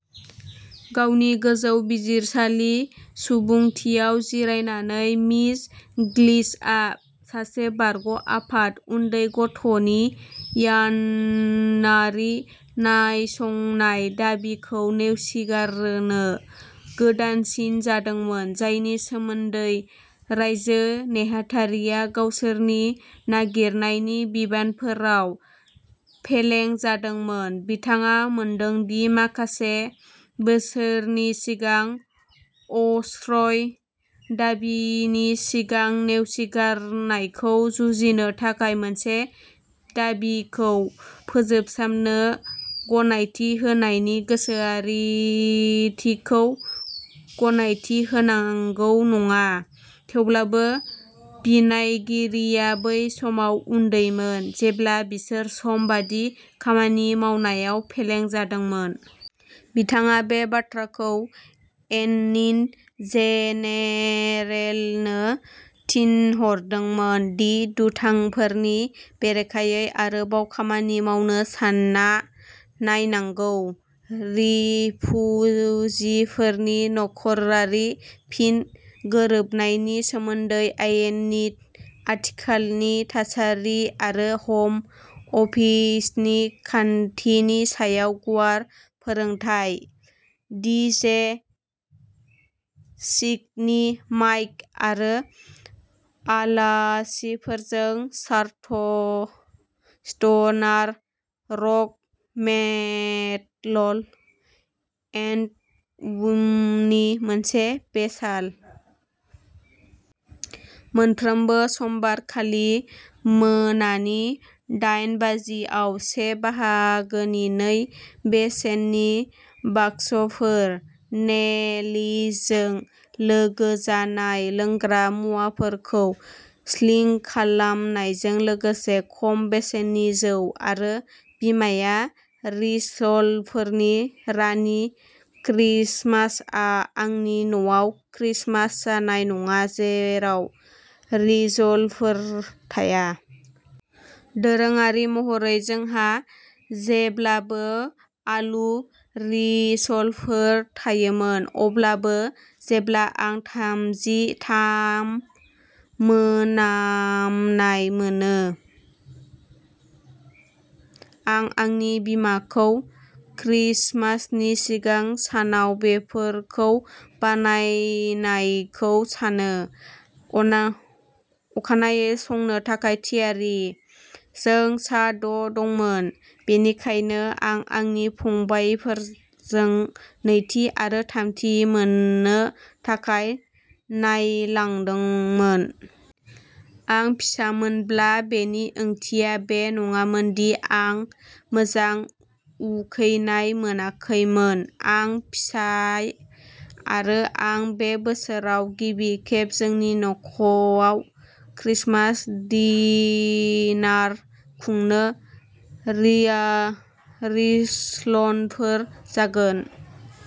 गावनि गोजौ बिजिरसालिनि सुबुंथियाव जिरायनानै, मिस गिलआ सासे बारग' आफगान उन्दै गथ'नि न्यायारि नायसंनाय दाबिखौ नेवसिगारनो गोदानसिन जादोंमोन, जायनि सोमोन्दै रायजो नेहाथारिया गावसोरनि नागिरनायनि बिबानफोराव फेलें जादोंमोन। बिथाङा मोनदों दि माखासे बोसोर सिगां अश्रय दाबिनि सिगांनि नेवसिगारनायखौ जुजिनो थाखाय मोनसे दाबिखौ फोजोबस्रांनो गनायथि होनायनि गोसोआरिथिखौ गनायथि होनांगौ नङा, थेवब्लाबो बिनायगिरिया बै समाव उन्दैमोन जेब्ला बिसोरो सम बादियै खामानि मावनायाव फेलें जादोंमोन। बिथाङा बे बाथ्राखौ एनिन जेनेरेलनो थिनहरदोंमोन दि दुथांफोरनि बेरेखायै आरोबाव खामानि मावनो सानना नायनांगौ। रिफुजिफोरनि नखरारि फिन गोरोबनायनि सोमोन्दै आयेननि आथिखालनि थासारि आरो हम अफिसनि खान्थिनि सायाव गुवार फोरोंथाय। डि जे स्किनि माइक आरो आलासिफोरजों सार्थ स्टि'नार रक, मेटल, एन्ड डुमनि मोनसे बेलास। मोनफ्रोमबो समबार खालि मोनानि दायेन बाजि आव से बाहागोनि नै बेसेननि बागसफोर। नेलिजों लोंजानाय लोंग्रा मुवाफोरखौ स्लिं खालामनायजों लोगोसे खम बेसेननि जौ। आंनि बिमाया रिस'लफोरनि रानि। क्रिसमासआ आंनि न'आव क्रिसमास जानाय नङा जेराव रिस'लफोर थाया। दोरोङारि महरै, जोंहा जेब्लाबो आलु रिस'लफोर थायोमोन। अब्लाबो, जेब्ला आं थाजिम थाइम मोनामनाय मोनो, आं आंनि बिमाखौ क्रिसमासनि सिगां सानाव बेफोरखौ बानायनायखौ सानो, अखानायै संनो थाखाय थियारि। जों सा द' दंमोन, बेनिखायनो आं आंनि फंबायफोरजों नैथि आरो थामथि मोननो थाखाय नायलांदोंमोन। आं फिसामोनब्ला बेनि ओंथिया बे नङामोन दि आं मोजां उखैनाय मोनाखैमोन आंनि फिसाय आरो आं बे बोसोराव गिबि खेब जोंनि न'आव क्रिसमास डिनर खुंगोन, रिया रिस'लफोरा जागोन।